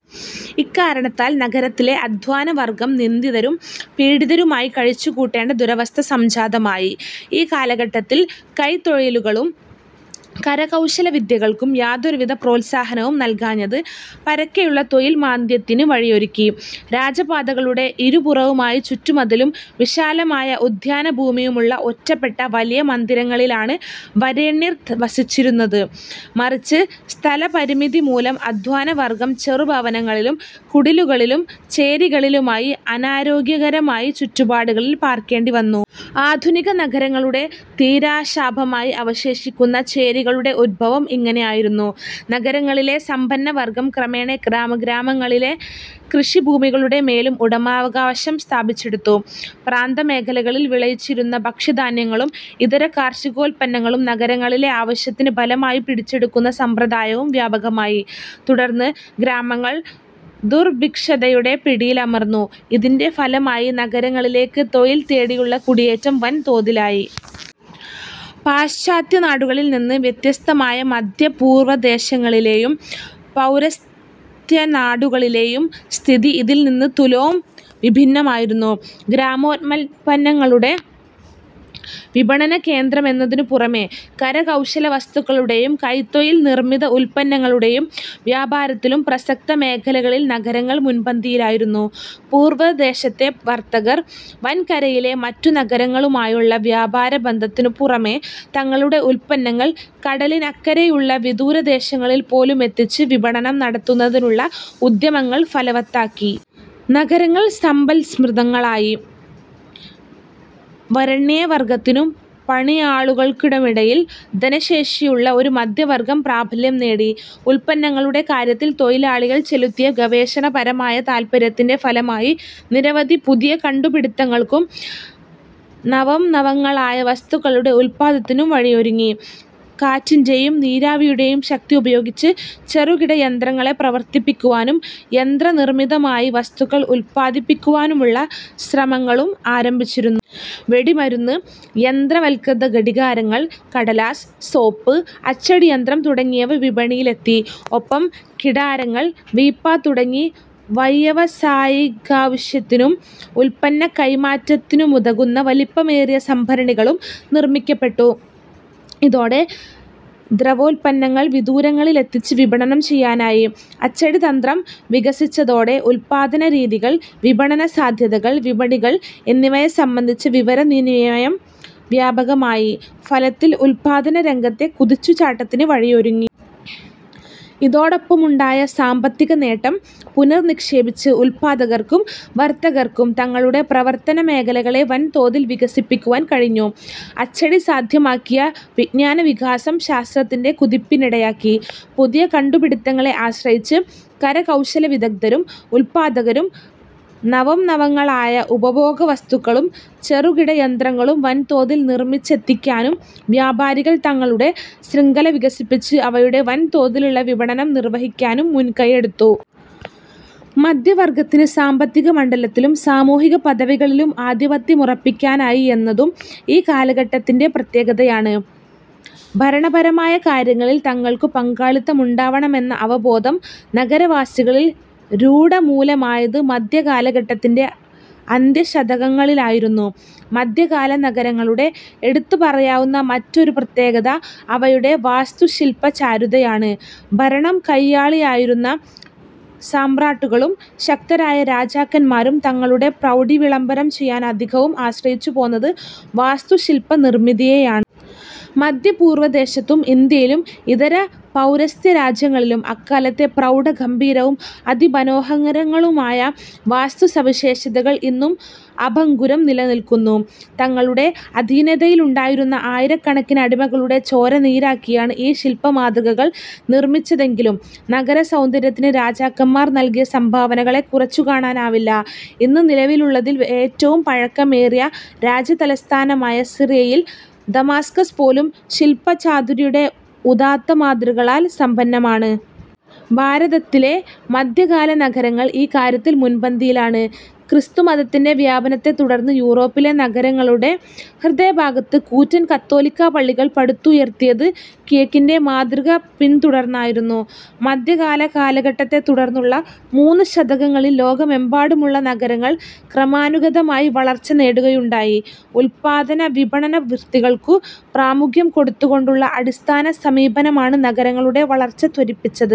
ഇക്കാരണത്താൽ നഗരത്തിലെ അധ്വാനവർഗം നിന്ദിതരും പീഡിതരുമായി കഴിച്ചുകൂട്ടേണ്ട ദുരവസ്ഥ സംജാതമായി. ഈ കാലഘട്ടത്തിൽ കൈത്തൊഴിലുകൾക്കും കരകൌശലവിദ്യകൾക്കും യാതൊരുവിധ പ്രോത്സാഹനവും നല്കാഞ്ഞത് പരക്കെയുള്ള തൊഴിൽമാന്ദ്യത്തിനു വഴിയൊരുക്കി. രാജപാതകളുടെ ഇരുപുറവുമായി ചുറ്റുമതിലും വിശാലമായ ഉദ്യാനഭൂമിയുമുള്ള ഒറ്റപ്പെട്ട വലിയ മന്ദിരങ്ങളിലാണ് വരേണ്യർ വസിച്ചിരുന്നുത്. മറിച്ച് സ്ഥലപരിമിതിമൂലം അധ്വാനവർഗം ചെറു ഭവനങ്ങളിലും കുടിലുകളിലും ചേരികളിലുമായി അനാരോഗ്യകരമായ ചുറ്റുപാടുകളിൽ പാർക്കേണ്ടിവന്നു. ആധുനിക നഗരങ്ങളുടെ തീരാശാപമായി അവശേഷിക്കുന്ന ചേരികളുടെ ഉദ്ഭവം ഇങ്ങനെയായിരുന്നു. നഗരങ്ങളിലെ സമ്പന്നവർഗം ക്രമേണ ഗ്രാമങ്ങളിലെ കൃഷിഭൂമികളുടെമേലും ഉടമാവകാശം സ്ഥാപിച്ചെടുത്തു. പ്രാന്തമേഖലകളിൽ വിളയിച്ചിരുന്ന ഭക്ഷ്യധാന്യങ്ങളും ഇതര കാർഷികോത്പന്നങ്ങളും നഗരങ്ങളിലെ ആവശ്യത്തിന് ബലമായി പിടിച്ചെടുക്കുന്ന സമ്പ്രദായവും വ്യാപകമായി. തുടർന്ന് ഗ്രാമങ്ങൾ ദുർഭിക്ഷതയുടെ പിടിയിലമർന്നു. ഇതിന്റെ ഫലമായി നഗരങ്ങളിലേക്ക് തൊഴിൽ തേടിയുള്ള കുടിയേറ്റം വൻ തോതിലായി. പാശ്ചാത്യനാടുകളിൽനിന്ന് വ്യത്യസ്തമായി മധ്യ പൂർവദേശങ്ങളിലെയും പൌരസ്ത്യനാടുകളിലെയും സ്ഥിതി ഇതിൽനിന്ന് തുലോം വിഭിന്നമായിരുന്നു. ഗ്രാമോത്പന്നങ്ങളുടെ വിപണനകേന്ദ്രമെന്നതിനു പുറമേ, കരകൌശലവസ്തുക്കളുടെയും കൈത്തൊഴിൽ നിർമിത ഉത്പന്നങ്ങളുടെയും വ്യാപാരത്തിലും പ്രസക്ത മേഖലകളിലെ നഗരങ്ങൾ മുൻപന്തിയിലായിരുന്നു. പൂർവദേശത്തെ വർത്തകർ വൻകരയിലെ മറ്റു നഗരങ്ങളുമായുള്ള വ്യാപാരബന്ധത്തിനുപുറമേ, തങ്ങളുടെ ഉത്പന്നങ്ങൾ കടലിനക്കരെയുള്ള വിദൂരദേശങ്ങളിൽപ്പോലുമെത്തിച്ച് വിപണനം നടത്തുന്നതിനുള്ള ഉദ്യമങ്ങൾ ഫലവത്താക്കി. നഗരങ്ങൾ സമ്പത്സമൃദ്ധങ്ങളായി. വരേണ്യവർഗത്തിനും പണിയാളുകൾക്കുമിടയിൽ ധനശേഷിയുള്ള ഒരു മധ്യവർഗം പ്രാബല്യം നേടി. ഉത്പന്നങ്ങളുടെ കാര്യത്തിൽ തൊഴിലാളികൾ ചെലുത്തിയ ഗവേഷണപരമായ താത്പര്യത്തിന്റെ ഫലമായി നിരവധി പുതിയ കണ്ടുപിടിത്തങ്ങൾക്കും നവംനവങ്ങളായ വസ്തുക്കളുടെ ഉത്പാദനത്തിനും വഴിയൊരുങ്ങി. കാറ്റിന്റെയും നീരാവിയുടെയും ശക്തി ഉപയോഗിച്ച് ചെറുകിട യന്ത്രങ്ങളെ പ്രവർത്തിപ്പിക്കുവാനും യന്ത്രനിർമിതമായി വസ്തുക്കൾ ഉത്പാദിപ്പിക്കുവാനുമുള്ള ശ്രമങ്ങളും ആരംഭിച്ചിരുന്നു. വെടിമരുന്ന്, യന്ത്രവത്കൃത ഘടികാരങ്ങൾ, കടലാസ്, സോപ്പ്, അച്ചടിയന്ത്രം തുടങ്ങിയവ വിപണിയിലെത്തി. ഒപ്പം കിടാരങ്ങൾ, വീപ്പ തുടങ്ങി വൈയവസായികാവശ്യത്തിനും ഉത്പന്നക്കൈമാറ്റത്തിനുമുതകുന്ന വലിപ്പമേറിയ സംഭരണികളും നിർമ്മിക്കപ്പെട്ടു. ഇതോടെ ദ്രവോത്പന്നങ്ങൾ വിദൂരങ്ങളിലെത്തിച്ച് വിപണനം ചെയ്യാനായി. അച്ചടിതന്ത്രം വികസിച്ചതോടെ ഉത്പാദനരീതികൾ, വിപണനസാധ്യതകൾ, വിപണികൾ എന്നിവയെ സംബന്ധിച്ച വിവരവിനിമയം വ്യാപകമായി. ഫലത്തിൽ ഉത്പാദനരംഗത്തെ കുതിച്ചുചാട്ടത്തിനു വഴിയൊരുങ്ങി. ഇതോടൊപ്പമുണ്ടായ സാമ്പത്തികനേട്ടം പുനർനിക്ഷേപിച്ച് ഉത്പാദകർക്കും വർത്തകർക്കും തങ്ങളുടെ പ്രവർത്തനമേഖലകളെ വൻതോതിൽ വികസിപ്പിക്കുവാൻ കഴിഞ്ഞു. അച്ചടി സാധ്യമാക്കിയ വിജ്ഞാനവികാസം ശാസ്ത്രത്തിന്റെ കുതിപ്പിനിടയാക്കി. പുതിയ കണ്ടുപിടിത്തങ്ങളെ ആശ്രയിച്ച് കരകൌശലവിദഗ്ദ്ധരും ഉത്പാദകരും നവംനവങ്ങളായ ഉപഭോഗവസ്തുക്കളും ചെറുകിടയന്ത്രങ്ങളും വൻതോതിൽ നിർമിച്ചെത്തിക്കാനും വ്യാപാരികൾ തങ്ങളുടെ ശൃംഖല വികസിപ്പിച്ച് അവയുടെ വൻതോതിലുള്ള വിപണനം നിർവഹിക്കാനും മുൻകൈയെടുത്തു. മധ്യവർഗത്തിന് സാമ്പത്തികമണ്ഡലത്തിലും സാമൂഹിക പദവികളിലും ആധിപത്യമുറപ്പിക്കാനായി എന്നതും ഈ കാലഘട്ടത്തിന്റെ പ്രത്യേകതയാണ്. ഭരണപരമായ കാര്യങ്ങളിൽ തങ്ങൾക്കു പങ്കാളിത്തമുണ്ടാവണമെന്ന അവബോധം നഗരവാസികളിൽ രൂഢമൂലമായത് മധ്യകാലഘട്ടത്തിന്റെ അന്ത്യശതകങ്ങളിലായിരുന്നു. മധ്യകാല നഗരങ്ങളുടെ എടുത്തുപറയാവുന്ന മറ്റൊരു പ്രത്യേകത അവയുടെ വാസ്തുശില്പചാരുതയാണ്. ഭരണം കയ്യാളിയിരുന്ന സമ്രാട്ടുകളും ശക്തരായ രാജാക്കന്മാരും തങ്ങളുടെ പ്രൗഢി വിളംബരം ചെയ്യാൻ അധികവും ആശ്രയിച്ചുപോന്നത് വാസ്തുശില്പനിർമിതിയെയാണ്. മധ്യപൂർവദേശത്തും ഇന്ത്യയിലും ഇതര പൗരസ്ത്യരാജ്യങ്ങളിലും അക്കാലത്തെ പ്രൗഢഗംഭീരവും അതിമനോഹരങ്ങളുമായ വാസ്തുസവിശേഷതകൾ ഇന്നും അഭംഗുരം നിലനില്ക്കുന്നു. തങ്ങളുടെ അധീനതയിലുണ്ടായിരുന്ന ആയിരക്കണക്കിന് അടിമകളുടെ ചോര നീരാക്കിയാണ് ഈ ശില്പമാതൃകകൾ നിർമിച്ചതെങ്കിലും നഗരസൗന്ദര്യത്തിന് രാജാക്കന്മാർ നല്കിയ സംഭാവനകളെ കുറച്ചുകാണാനാവില്ല. ഇന്ന് നിലവിലുള്ളതിൽ ഏറ്റവും പഴക്കമേറിയ രാജ്യതലസ്ഥാനമായ സിറിയയിലെ ദമാസ്കസ് പോലും ശില്പചാതുരിയുടെ ഉദാത്തമാതൃകകളാൽ സമ്പന്നമാണ്. ഭാരതത്തിലെ മധ്യകാല നഗരങ്ങൾ ഈ കാര്യത്തിൽ മുൻപന്തിയിലാണ്. ക്രിസ്തുമതത്തിന്റെ വ്യാപനത്തെത്തുടർന്ന് യൂറോപ്പിലെ നഗരങ്ങളുടെ ഹൃദയഭാഗത്ത് കൂറ്റൻ കത്തോലിക്കാപള്ളികൾ പടുത്തുയർത്തിയത് കിഴക്കിന്റെ മാതൃക പിൻതുടർന്നായിരുന്നു. മധ്യകാലഘട്ടത്തെത്തുടർന്നുള്ള മൂന്ന് ശതകങ്ങളിൽ ലോകമെമ്പാടുമുള്ള നഗരങ്ങൾ ക്രമാനുഗതമായ വളർച്ചനേടുകയുണ്ടായി. ഉത്പാദന, വിപണന വൃത്തികൾക്കു പ്രാമുഖ്യം കൊടുത്തുകൊണ്ടുള്ള അടിസ്ഥാന സമീപനമാണ് നഗരങ്ങളുടെ വളർച്ച ത്വരിപ്പിച്ചത്.